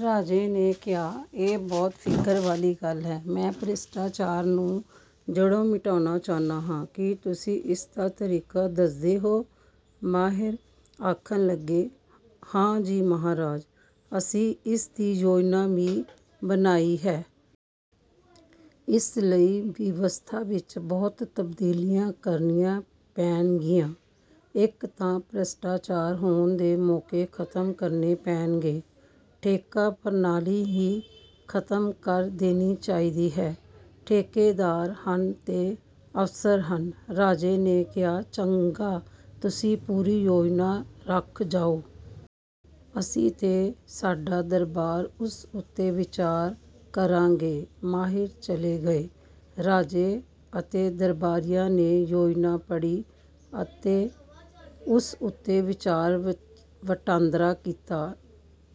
ਰਾਜੇ ਨੇ ਕਿਹਾ, ''ਇਹ ਬਹੁਤ ਫਿਕਰ ਵਾਲੀ ਗੱਲ ਹੈ। ਮੈਂ ਭ੍ਰਿਸ਼ਟਾਚਾਰ ਨੂੰ ਜੜ੍ਹੋਂ ਮਿਟਾਉਣਾ ਚਾਹੁੰਦਾ ਹਾਂ। ਕੀ ਤੁਸੀਂ ਇਸ ਦਾ ਤਰੀਕਾ ਦੱਸ ਸਕਦੇ ਹੋ? " ਮਾਹਿਰ ਆਖਣ ਲੱਗੇ, ''ਹਾਂ ਜੀ ਮਹਾਰਾਜ, ਅਸੀਂ ਇਸ ਦੀ ਯੋਜਨਾ ਵੀ ਬਣਾਈ ਹੈ। ਇਸ ਲਈ ਵਿਵਸਥਾ ਵਿੱਚ ਬਹੁਤ ਤਬਦੀਲੀਆਂ ਕਰਨੀਆਂ ਪੈਣਗੀਆਂ। ਇੱਕ ਤਾਂ ਭ੍ਰਿਸ਼ਟਾਚਾਰ ਹੋਣ ਦੇ ਮੌਕੇ ਖਤਮ ਕਰਨੇ ਪੈਣਗੇ। ਠੇਕਾ ਪ੍ਰਣਾਲੀ ਹੀ ਖਤਮ ਕਰ ਦੇਣੀ ਚਾਹੀਦੀ ਹੈ। ਠੇਕੇਦਾਰ ਹਨ ਤਾਂ ਅਫਸਰ ਹਨ। " ਰਾਜੇ ਨੇ ਕਿਹਾ, ''ਚੰਗਾ, ਤੁਸੀਂ ਪੂਰੀ ਯੋਜਨਾ ਰੱਖ ਜਾਓ। ਅਸੀਂ ਤੇ ਸਾਡਾ ਦਰਬਾਰ ਉਸ ਉੱਤੇ ਵਿਚਾਰ ਕਰਾਂਗੇ। " ਮਾਹਿਰ ਚਲੇ ਗਏ। ਰਾਜੇ ਅਤੇ ਦਰਬਾਰੀਆਂ ਨੇ ਯੋਜਨਾ ਪੜ੍ਹੀ ਅਤੇ ਉਸ ਉੱਤੇ ਵਿਚਾਰ ਵਟਾਂਦਰਾ ਕੀਤਾ।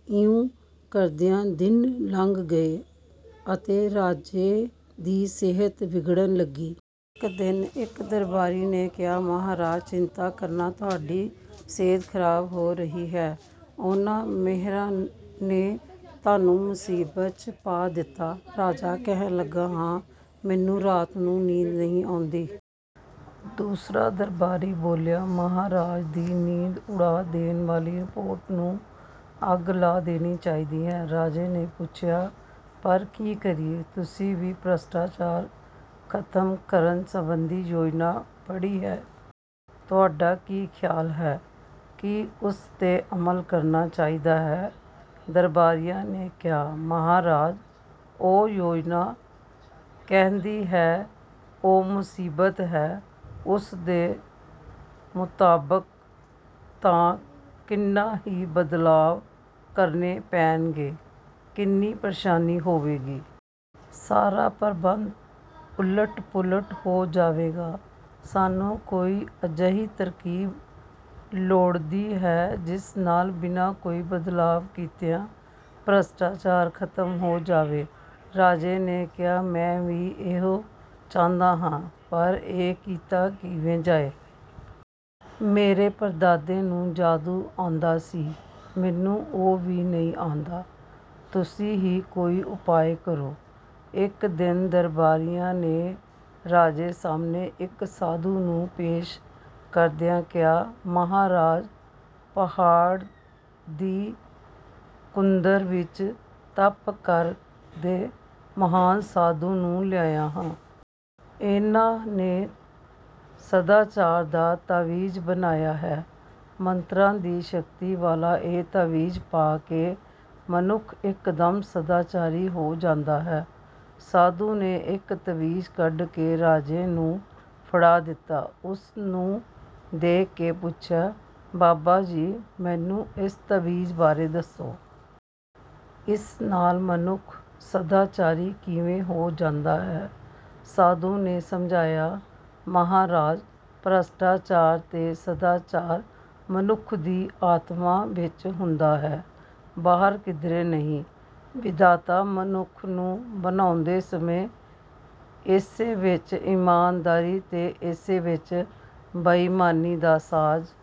ਇਉਂ ਕਰਦਿਆਂ ਦਿਨ ਲੰਘਣ ਲੱਗੇ ਅਤੇ ਰਾਜੇ ਦੀ ਸਿਹਤ ਵਿਗੜਨ ਲੱਗੀ। ਇੱਕ ਦਿਨ ਇੱਕ ਦਰਬਾਰੀ ਨੇ ਕਿਹਾ, ''ਮਹਾਰਾਜ, ਚਿੰਤਾ ਕਾਰਨ ਤੁਹਾਡੀ ਸਿਹਤ ਖਰਾਬ ਹੋ ਰਹੀ ਹੈ। ਉਨ੍ਹਾਂ ਮਾਹਿਰਾਂ ਨੇ ਤੁਹਾਨੂੰ ਮੁਸੀਬਤ 'ਚ ਪਾ ਦਿੱਤਾ। " ਰਾਜਾ ਕਹਿਣ ਲੱਗਿਆ, ''ਹਾਂ, ਮੈਨੂੰ ਰਾਤ ਨੂੰ ਨੀਂਦ ਨਹੀਂ ਆਉਂਦੀ। " ਦੂਜਾ ਦਰਬਾਰੀ ਬੋਲਿਆ, ''ਮਹਾਰਾਜ ਦੀ ਨੀਂਦ ਉਡਾ ਦੇਣ ਵਾਲੀ ਰਿਪੋਰਟ ਨੂੰ ਅੱਗ ਲਾ ਦੇਣੀ ਚਾਹੀਦੀ ਹੈ। " ਰਾਜੇ ਨੇ ਪੁੱਛਿਆ, '' ਪਰ ਕੀ ਕਰੀਏ? ਤੁਸੀਂ ਵੀ ਭ੍ਰਿਸ਼ਟਾਚਾਰ ਖਤਮ ਕਰਨ ਸੰਬੰਧੀ ਯੋਜਨਾ ਪੜ੍ਹੀ ਹੈ। ਤੁਹਾਡਾ ਕੀ ਖਿਆਲ ਹੈ? ਕੀ ਉਸ 'ਤੇ ਅਮਲ ਕਰਨਾ ਚਾਹੀਦਾ ਹੈ? " ਦਰਬਾਰੀਆਂ ਨੇ ਕਿਹਾ, ''ਮਹਾਰਾਜ, ਉਹ ਯੋਜਨਾ ਕਾਹਦੀ ਹੈ, ਉਹ ਮੁਸੀਬਤ ਹੈ। ਉਸ ਦੇ ਮੁਤਾਬਕ ਤਾਂ ਕਿੰਨੇ ਹੀ ਬਦਲਾਅ ਕਰਨੇ ਪੈਣਗੇ। ਕਿੰਨੀ ਪ੍ਰੇਸ਼ਾਨੀ ਹੋਵੇਗੀ। ਸਾਰਾ ਪ੍ਰਬੰਧ ਉਲਟ ਪੁਲਟ ਹੋ ਜਾਵੇਗਾ। ਸਾਨੂੰ ਕੋਈ ਅਜਿਹੀ ਤਰਕੀਬ ਲੋੜੀਂਦੀ ਹੈ, ਜਿਸ ਨਾਲ ਬਿਨਾਂ ਕੋਈ ਬਦਲਾਅ ਕੀਤਿਆਂ ਭ੍ਰਿਸ਼ਟਾਚਾਰ ਖਤਮ ਹੋ ਜਾਵੇ। " ਰਾਜੇ ਨੇ ਕਿਹਾ, ''ਮੈਂ ਵੀ ਇਹੋ ਚਾਹੁੰਦਾ ਹਾਂ, ਪਰ ਇਹ ਕੀਤਾ ਕਿਵੇਂ ਜਾਵੇ? ਮੇਰੇ ਪੜਦਾਦੇ ਨੂੰ ਜਾਦੂ ਆਉਂਦਾ ਸੀ, ਮੈਨੂੰ ਉਹ ਵੀ ਨਹੀਂ ਆਉਂਦਾ। ਤੁਸੀਂ ਹੀ ਕੋਈ ਉਪਾਅ ਕਰੋ? " ਇੱਕ ਦਿਨ ਦਰਬਾਰੀਆਂ ਨੇ ਰਾਜੇ ਸਾਹਮਣੇ ਇੱਕ ਸਾਧੂ ਨੂੰ ਪੇਸ਼ ਕਰਦਿਆਂ ਕਿਹਾ, ''ਮਹਾਰਾਜ, ਪਹਾੜ ਦੀ ਕੁੰਦਰ ਵਿੱਚ ਤਪ ਕਰਦੇ ਮਹਾਨ ਸਾਧੂ ਨੂੰ ਲਿਆਏ ਹਾਂ। ਇਨ੍ਹਾਂ ਨੇ ਸਦਾਚਾਰ ਦਾ ਤਵੀਤ ਬਣਾਇਆ ਹੈ। ਮੰਤਰਾਂ ਦੀ ਸ਼ਕਤੀ ਵਾਲਾ ਇਹ ਤਵੀਤ ਪਾ ਕੇ ਮਨੁੱਖ ਇਕਦਮ ਸਦਾਚਾਰੀ ਹੋ ਜਾਂਦਾ ਹੈ। " ਸਾਧੂ ਨੇ ਇੱਕ ਤਵੀਤ ਕੱਢ ਕੇ ਰਾਜੇ ਨੂੰ ਫੜਾ ਦਿੱਤਾ। ਉਸ ਨੂੰ ਦੇਖ ਕੇ ਪੁੱਛਿਆ, ''ਬਾਬਾ ਜੀ, ਮੈਨੂੰ ਇਸ ਤਵੀਤ ਬਾਰੇ ਦੱਸੋ। ਇਸ ਨਾਲ ਮਨੁੱਖ ਸਦਾਚਾਰੀ ਕਿਵੇਂ ਹੋ ਜਾਂਦਾ ਹੈ? " ਸਾਧੂ ਨੇ ਸਮਝਾਇਆ, ''ਮਹਾਰਾਜ, ਭ੍ਰਿਸ਼ਟਾਚਾਰ ਤੇ ਸਦਾਚਾਰ ਮਨੁੱਖ ਦੀ ਆਤਮਾ ਵਿੱਚ ਹੁੰਦਾ ਹੈ, ਬਾਹਰ ਕਿਧਰੇ ਨਹੀਂ। ਵਿਧਾਤਾ ਮਨੁੱਖ ਨੂੰ ਬਣਾਉਂਦੇ ਸਮੇਂ ਕਿਸੇ ਵਿੱਚ ਇਮਾਨਦਾਰੀ ਤੇ ਕਿਸੇ ਵਿੱਚ ਬੇਈਮਾਨੀ ਦਾ ਸਾਜ਼